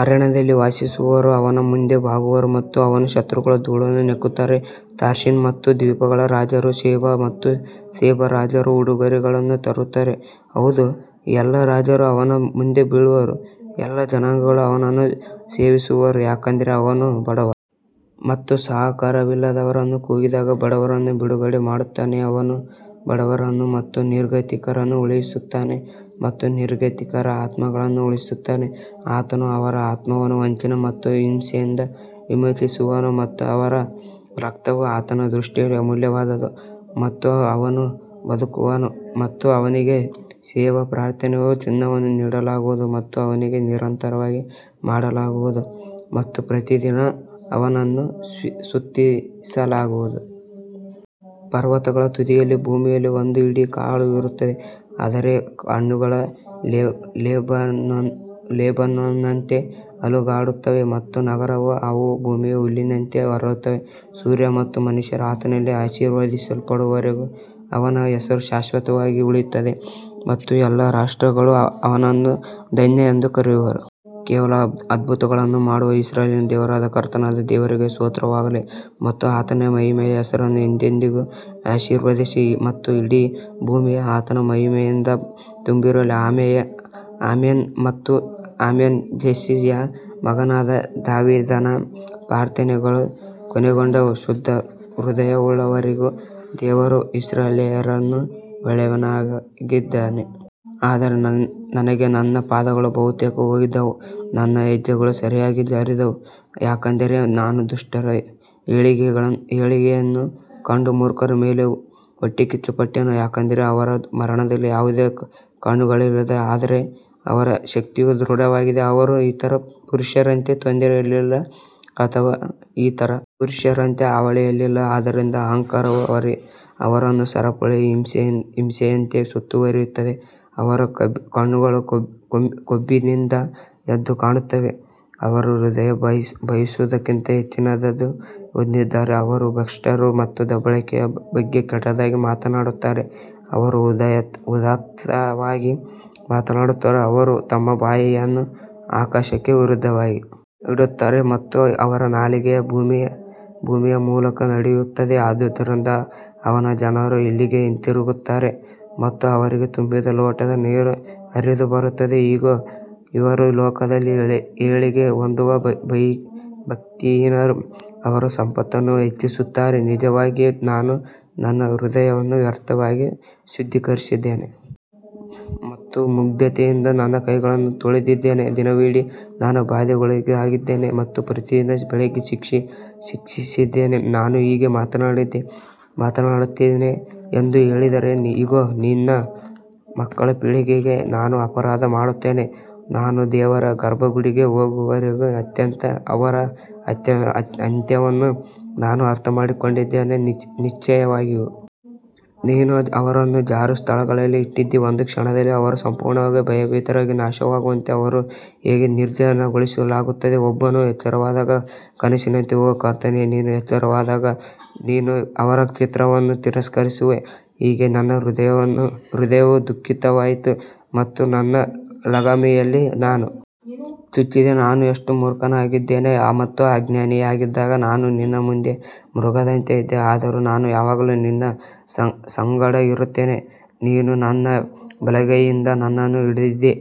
ಅರಣ್ಯದಲ್ಲಿ ವಾಸಿಸುವವರು ಅವನ ಮುಂದೆ ಬಾಗುವರು ಮತ್ತು ಅವನ ಶತ್ರುಗಳು ಧೂಳನ್ನು ನೆಕ್ಕುತ್ತಾರೆ ತಾರ್ಷೀಷ್ ಮತ್ತು ದ್ವೀಪಗಳ ರಾಜರು ಶೆಬಾ ಮತ್ತು ಸೇಬ ರಾಜರು ಉಡುಗೊರೆಗಳನ್ನು ತರುತ್ತಾರೆ. ಹೌದು, ಎಲ್ಲಾ ರಾಜರು ಅವನ ಮುಂದೆ ಬೀಳುವರು, ಎಲ್ಲಾ ಜನಾಂಗಗಳು ಅವನನ್ನು ಸೇವಿಸುವರು ಯಾಕಂದರೆ ಅವನು ಬಡವರನ್ನು ಮತ್ತು ಸಹಾಯಕರಿಲ್ಲದವರನ್ನು ಕೂಗಿದಾಗ ಬಡವರನ್ನು ಬಿಡುಗಡೆ ಮಾಡುತ್ತಾನೆ ಅವನು ಬಡವರನ್ನು ಮತ್ತು ನಿರ್ಗತಿಕರನ್ನು ಉಳಿಸುತ್ತಾನೆ ಮತ್ತು ನಿರ್ಗತಿಕರ ಆತ್ಮಗಳನ್ನು ಉಳಿಸುತ್ತಾನೆ ಆತನು ಅವರ ಆತ್ಮವನ್ನು ವಂಚನೆ ಮತ್ತು ಹಿಂಸೆಯಿಂದ ವಿಮೋಚಿಸುವನು ಮತ್ತು ಅವರ ರಕ್ತವು ಆತನ ದೃಷ್ಟಿಯಲ್ಲಿ ಅಮೂಲ್ಯವಾದುದು ಮತ್ತು ಅವನು ಬದುಕುವನು ಮತ್ತು ಅವನಿಗೆ ಶೆಬಾ ಪ್ರಾರ್ಥನೆಯ ಚಿನ್ನವನ್ನು ನೀಡಲಾಗುವುದು ಮತ್ತು ಅವನಿಗೆ ನಿರಂತರವಾಗಿ ಮಾಡಲಾಗುವುದು ಮತ್ತು ಪ್ರತಿದಿನ ಅವನನ್ನು ಸ್ತುತಿಸಲಾಗುವುದು. ಪರ್ವತಗಳ ತುದಿಯಲ್ಲಿ ಭೂಮಿಯಲ್ಲಿ ಒಂದು ಹಿಡಿ ಕಾಳು ಇರುತ್ತದೆ, ಅದರ ಹಣ್ಣುಗಳು ಲೆಬನೋನ್ನಂತೆ ಅಲುಗಾಡುತ್ತವೆ ಮತ್ತು ನಗರದ ಅವು ಭೂಮಿಯ ಹುಲ್ಲಿನಂತೆ ಅರಳುತ್ತವೆ. ಸೂರ್ಯ ಮತ್ತು ಮನುಷ್ಯರು ಆತನಲ್ಲಿ ಆಶೀರ್ವದಿಸಲ್ಪಡುವವರೆಗೂ ಅವನ ಹೆಸರು ಶಾಶ್ವತವಾಗಿ ಉಳಿಯುತ್ತದೆ ಮತ್ತು ಎಲ್ಲಾ ರಾಷ್ಟ್ರಗಳು ಅವನನ್ನು ಧನ್ಯ ಎಂದು ಕರೆಯುವರು ಕೇವಲ ಅದ್ಭುತಗಳನ್ನು ಮಾಡುವ ಇಸ್ರಾಯೇಲಿನ ದೇವರಾದ ಕರ್ತನಾದ ದೇವರಿಗೆ ಸ್ತೋತ್ರವಾಗಲಿ ಮತ್ತು ಆತನ ಮಹಿಮೆಯ ಹೆಸರನ್ನು ಎಂದೆಂದಿಗೂ ಆಶೀರ್ವದಿಸಲಿ ಮತ್ತು ಇಡೀ ಭೂಮಿಯು ಆತನ ಮಹಿಮೆಯಿಂದ ತುಂಬಿರಲಿ ಆಮೆನ್ ಮತ್ತು ಆಮೆನ್ ಜೆಸ್ಸೆಯ ಮಗನಾದ ದಾವೀದನ ಪ್ರಾರ್ಥನೆಗಳು ಕೊನೆಗೊಂಡವು ಶುದ್ಧ ಹೃದಯವುಳ್ಳವರಿಗೂ ದೇವರು ಇಸ್ರಾಯೇಲ್ಯರಿಗೆ ಒಳ್ಳೆಯವನಾಗಿದ್ದಾನೆ ಆದರೆ ನನಗೆ ನನ್ನ ಪಾದಗಳು ಬಹುತೇಕ ಹೋಗಿದ್ದವು, ನನ್ನ ಹೆಜ್ಜೆಗಳು ಸರಿಯಾಗಿ ಜಾರಿದವು ಯಾಕಂದರೆ ನಾನು ದುಷ್ಟರ ಏಳಿಗೆಯನ್ನು ಕಂಡು ಮೂರ್ಖರ ಮೇಲೆ ಹೊಟ್ಟೆಕಿಚ್ಚುಪಟ್ಟೆನು ಯಾಕಂದರೆ ಅವರ ಮರಣದಲ್ಲಿ ಯಾವುದೇ ಕಟ್ಟುಗಳಿಲ್ಲ ಆದರೆ ಅವರ ಶಕ್ತಿಯು ದೃಢವಾಗಿದೆ ಅವರು ಇತರ ಪುರುಷರಂತೆ ತೊಂದರೆಯಲ್ಲಿಲ್ಲ ಅಥವಾ ಇತರ ಪುರುಷರಂತೆ ಹಾವಳಿಯಿಲ್ಲ ಆದದರಿಂದ ಅಹಂಕಾರವು ಅವರನ್ನು ಸರಪಳಿ ಹಿಂಸೆಯಂತೆ ಸುತ್ತುವರಿಯುತ್ತದೆ ಅವರ ಕಣ್ಣುಗಳು ಕೊಬ್ಬಿನಿಂದ ಎದ್ದು ಕಾಣುತ್ತವೆ, ಅವರು ಹೃದಯ ಬಯಸುವುದಕ್ಕಿಂತ ಹೆಚ್ಚಿನದನ್ನು ಹೊಂದಿದ್ದಾರೆ ಅವರು ಭ್ರಷ್ಟರು ಮತ್ತು ದಬ್ಬಾಳಿಕೆಯ ಬಗ್ಗೆ ಕೆಟ್ಟದಾಗಿ ಮಾತನಾಡುತ್ತಾರೆ ಅವರು ಉದಾತ್ತವಾಗಿ ಮಾತನಾಡುತ್ತಾರೆ ಅವರು ತಮ್ಮ ಬಾಯಿಯನ್ನು ಆಕಾಶಕ್ಕೆ ವಿರುದ್ಧವಾಗಿ ಇಡುತ್ತಾರೆ ಮತ್ತು ಅವರ ನಾಲಿಗೆ ಭೂಮಿಯ ಮೂಲಕ ನಡೆಯುತ್ತದೆ ಆದುದರಿಂದ ಅವನ ಜನರು ಇಲ್ಲಿಗೆ ಹಿಂತಿರುಗುತ್ತಾರೆ ಮತ್ತು ಅವರಿಗೆ ತುಂಬಿದ ಲೋಟದ ನೀರು ಹರಿದುಬರುತ್ತದೆ ಇಗೋ ಇವರು ಲೋಕದಲ್ಲಿ ಏಳಿಗೆ ಹೊಂದುವ ಭಕ್ತಿಹೀನರು ಅವರು ಸಂಪತ್ತನ್ನು ಹೆಚ್ಚಿಸುತ್ತಾರೆ ನಿಜವಾಗಿ ನಾನು ನನ್ನ ಹೃದಯವನ್ನು ವ್ಯರ್ಥವಾಗಿ ಶುದ್ಧೀಕರಿಸಿದ್ದೇನೆ ಮತ್ತು ಮುಗ್ಧತೆಯಿಂದ ನನ್ನ ಕೈಗಳನ್ನು ತೊಳೆದಿದ್ದೇನೆ ದಿನವಿಡೀ ನಾನು ಬಾಧೆಗೊಳಗಾಗಿದ್ದೇನೆ ಮತ್ತು ಪ್ರತಿದಿನ ಬೆಳಿಗ್ಗೆ ಶಿಕ್ಷಿಸಿದ್ದೇನೆ ನಾನು ಹೀಗೆ ಮಾತನಾಡುತ್ತೇನೆ ಎಂದು ಹೇಳಿದರೆ ಇಗೋ, ನಿನ್ನ ಮಕ್ಕಳ ಪೀಳಿಗೆಗೆ ನಾನು ಅಪರಾಧ ಮಾಡುತ್ತೇನೆ ನಾನು ದೇವರ ಗರ್ಭಗುಡಿಗೆ ಹೋಗುವವರೆಗೂ ಅವರ ಅಂತ್ಯವನ್ನು ನಾನು ಅರ್ಥಮಾಡಿಕೊಂಡಿದ್ದೇನೆ ನಿಶ್ಚಯವಾಗಿಯೂ ನೀನು ಅವರನ್ನು ಜಾರು ಸ್ಥಳಗಳಲ್ಲಿ ಇಟ್ಟಿದ್ದೀ ಒಂದು ಕ್ಷಣದಲ್ಲಿ ಅವರು ಸಂಪೂರ್ಣವಾಗಿ ಭಯಭೀತರಾಗಿ ನಾಶವಾಗುವಂತೆ ಅವರನ್ನು ಹೇಗೆ ನಿರ್ಜನಗೊಳಿಸಲಾಗುತ್ತದೆ ಒಬ್ಬನು ಎಚ್ಚರವಾದಾಗ ಕನಸಿನಂತೆ ಓ ಕರ್ತನೇ, ನೀನು ಎಚ್ಚರವಾದಾಗ ನೀನು ಅವರ ಚಿತ್ರವನ್ನು ತಿರಸ್ಕರಿಸುವೆ ಹೀಗೆ ನನ್ನ ಹೃದಯವು ದುಃಖಿತವಾಯಿತು ಮತ್ತು ನನ್ನ ಲಗಾಮಿಯಲ್ಲಿ ನಾನು ಚುಚ್ಚಿದೆ ನಾನು ಎಷ್ಟು ಮೂರ್ಖನಾಗಿದ್ದೆ ಮತ್ತು ಅಜ್ಞಾನಿಯಾಗಿದ್ದ ನಾನು ನಿನ್ನ ಮುಂದೆ ಮೃಗದಂತೆ ಇದ್ದೆ ಆದರೂ ನಾನು ಯಾವಾಗಲೂ ನಿನ್ನ ಸಂಗಡ ಇರುತ್ತೇನೆ ನೀನು ನನ್ನ ಬಲಗೈಯಿಂದ ನನ್ನನ್ನು ಹಿಡಿದಿದ್ದೀ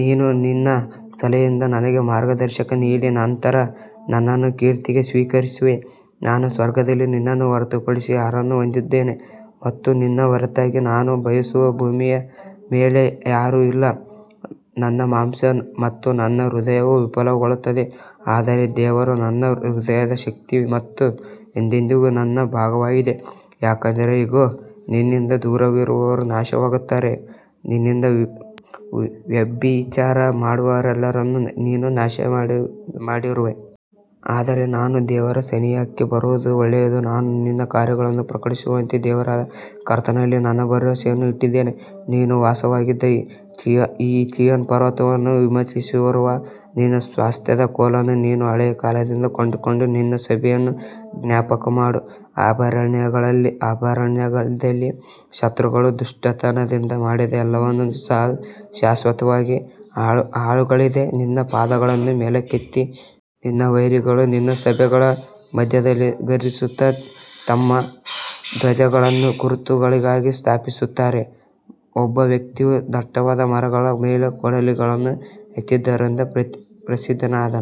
ನೀನು ನಿನ್ನ ಸಲಹೆಯಿಂದ ನನಗೆ ಮಾರ್ಗದರ್ಶನ ನೀಡಿ ನಂತರ ನನ್ನನ್ನು ಕೀರ್ತಿಗೆ ಸ್ವೀಕರಿಸುವೆ ನಾನು ಸ್ವರ್ಗದಲ್ಲಿ ನಿನ್ನನ್ನು ಹೊರತುಪಡಿಸಿ ಯಾರನ್ನು ಹೊಂದಿದ್ದೇನೆ ಮತ್ತು ನಿನ್ನ ಹೊರತಾಗಿ ನಾನು ಬಯಸುವ ಭೂಮಿಯ ಮೇಲೆ ಯಾರೂ ಇಲ್ಲ ನನ್ನ ಮಾಂಸ ಮತ್ತು ನನ್ನ ಹೃದಯವು ವಿಫಲಗೊಳ್ಳುತ್ತದೆ ಆದರೆ ದೇವರು ನನ್ನ ಹೃದಯದ ಶಕ್ತಿ ಮತ್ತು ಎಂದೆಂದಿಗೂ ನನ್ನ ಭಾಗವಾಗಿದೆ ಯಾಕಂದರೆ ಇಗೋ, ನಿನ್ನಿಂದ ದೂರವಿರುವವರು ನಾಶವಾಗುತ್ತಾರೆ, ನಿನ್ನಿಂದ ವ್ಯಭಿಚಾರ ಮಾಡುವವರೆಲ್ಲರನ್ನು ನೀನು ನಾಶಮಾಡಿರುವೆ. ಆದರೆ ನಾನು ದೇವರ ಸನಿಹಕ್ಕೆ ಬರುವುದು ಒಳ್ಳೆಯದು, ನಾನು ನಿನ್ನ ಎಲ್ಲಾ ಕಾರ್ಯಗಳನ್ನು ಪ್ರಕಟಿಸುವಂತೆ ದೇವರಾದ ಕರ್ತನಲ್ಲಿ ನನ್ನ ಭರವಸೆಯನ್ನು ಇಟ್ಟಿದ್ದೇನೆ. ನೀನು ವಾಸವಾಗಿದ್ದ ಈ ಚೀಯೋನ್ ಪರ್ವತವನ್ನು ವಿಮೋಚಿಸಿರುವ ನಿನ್ನ ಸ್ವಾಸ್ತ್ಯದ ಕೋಲನ್ನು ನೀನು ಹಳೆಯ ಕಾಲದಿಂದ ಕೊಂಡುಕೊಂಡ ನಿನ್ನ ಸಭೆಯನ್ನು ಜ್ಞಾಪಕಮಾಡು. ಅಭಯಾರಣ್ಯದಲ್ಲಿ ಶತ್ರುಗಳು ದುಷ್ಟತನದಿಂದ ಮಾಡಿದ ಎಲ್ಲವನ್ನು ಸಹ ಶಾಶ್ವತವಾದ ಹಾಳುಗಳಿಗೆ ನಿನ್ನ ಪಾದಗಳನ್ನು ಮೇಲಕ್ಕೆತ್ತಿ. ನಿನ್ನ ವೈರಿಗಳು ನಿನ್ನ ಸಭೆಗಳ ಮಧ್ಯದಲ್ಲಿ ಘರ್ಜಿಸುತ್ತಾ ತಮ್ಮ ಧ್ವಜಗಳನ್ನು ಗುರುತುಗಳಿಗಾಗಿ ಸ್ಥಾಪಿಸುತ್ತಾರೆ ಒಬ್ಬ ವ್ಯಕ್ತಿಯು ದಟ್ಟವಾದ ಮರಗಳ ಮೇಲೆ ಕೊಡಲಿಗಳನ್ನು ಎತ್ತಿದ್ದರಿಂದ ಪ್ರಸಿದ್ಧನಾದನು.